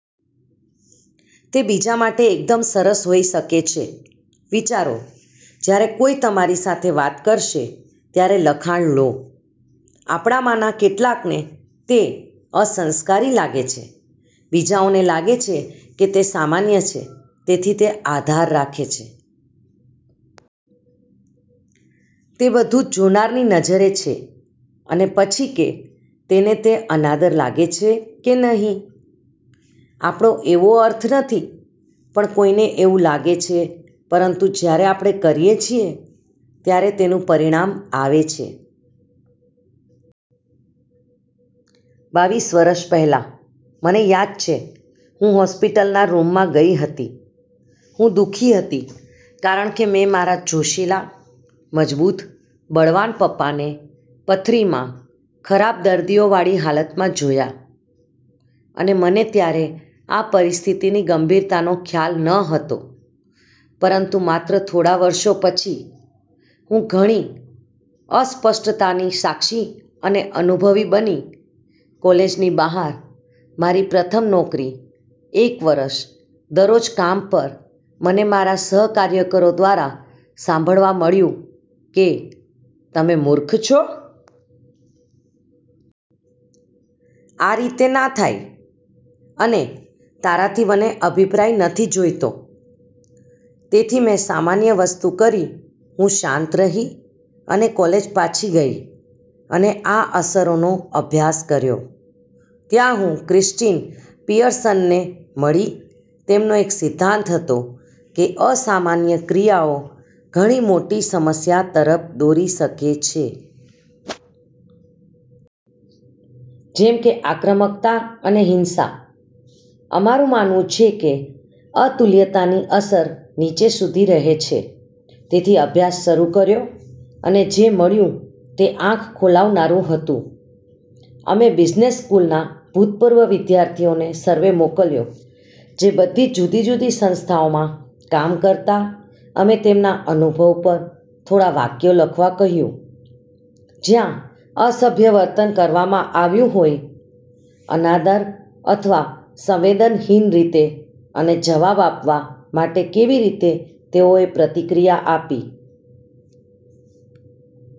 તે બીજા માટે એકદમ સરસ હોઈ શકે છે. વિચારો, જ્યારે કોઈ તમારી સાથે વાત કરશે ત્યારે લખાણ લો. આપણામાંના કેટલાકને તે અસંસ્કારી લાગે છે, બીજાઓને લાગે છે કે તે સામાન્ય છે. તેથી તે આધાર રાખે છે. તે બધું જોનારની નજરે છે અને પછી કે તેને તે અનાદર લાગે છે કે નહીં. આપણો એવો અર્થ નથી પણ કોઈને એવું લાગે છે પરંતુ જ્યારે આપણે કરીએ છીએ, ત્યારે તેનું પરિણામ આવે છે. બાવીસ વર્ષ પહેલાં, મને યાદ છે હું હોસ્પિટલના રૂમમાં ગઈ હતી. હું દુખી હતી કારણકે મે મારા જોશીલા, મજબૂત, બળવાન પપ્પાને પથરીમાં ખરાબ દર્દીઓ વાળી હાલતમાં જોયા. અને મને ત્યારે આ પરિસ્થિતિની ગંભીરતાનો ખ્યાલ ન હતો પરંતુ માત્ર થોડા વર્ષો પછી, હું ઘણી અસ્પષ્ટતા ની સાક્ષી અને અનુભવી બની કોલેજની બહાર મારી પ્રથમ નોકરી એક વરસ દરરોજ કામ પર મને મારા સહકાર્યકરો દ્વારા સાંભળવા મળ્યું કે, "તમે મૂર્ખ છો? આ રીતે ના થાય, " અને "તારાથી મને અભિપ્રાય નથી જોઈતો. " તેથી મે સામાન્ય વસ્તુ કરી હું શાંત રહી, અને કોલેજ પાછી ગઈ અને આ અસરોનો અભ્યાસ કર્યો. ત્યાં, હું ક્રિષ્ટીન પિઅર્સનને મળી તેમનો એક સિદ્ધાંત હતો, કે અસામાન્ય ક્રિયાઓ ઘણી મોટી સમસ્યા તરફ દોરી સકે છે. જેમ કે આક્રમકતા અને હિંસા. અમારું માનવું છે કે અતુલ્યતાની અસર નીચે સુધી રહે છે. તેથી અભ્યાસ શરૂ કર્યો, અને જે મળ્યું તે આંખ ખોલાવનારું હતું. અમે બિઝનેસ સ્કૂલના ભુતપૂર્વ વિધ્યાર્થીઓને સર્વે મોકલ્યો જે બધી જુદી જુદી સંસ્થાઓમાં કામ કરતાં અમે તેમના અનુભવ પર થોડા વાક્યો લખવા કહ્યું જ્યાં અસભ્ય વર્તન કરવામાં આવ્યું હોય, અનાદર અથવા સંવેદનહીન રીતે અને જવાબ આપવા માટે કેવી રીતે તેઓએ પ્રતિક્રિયા આપી.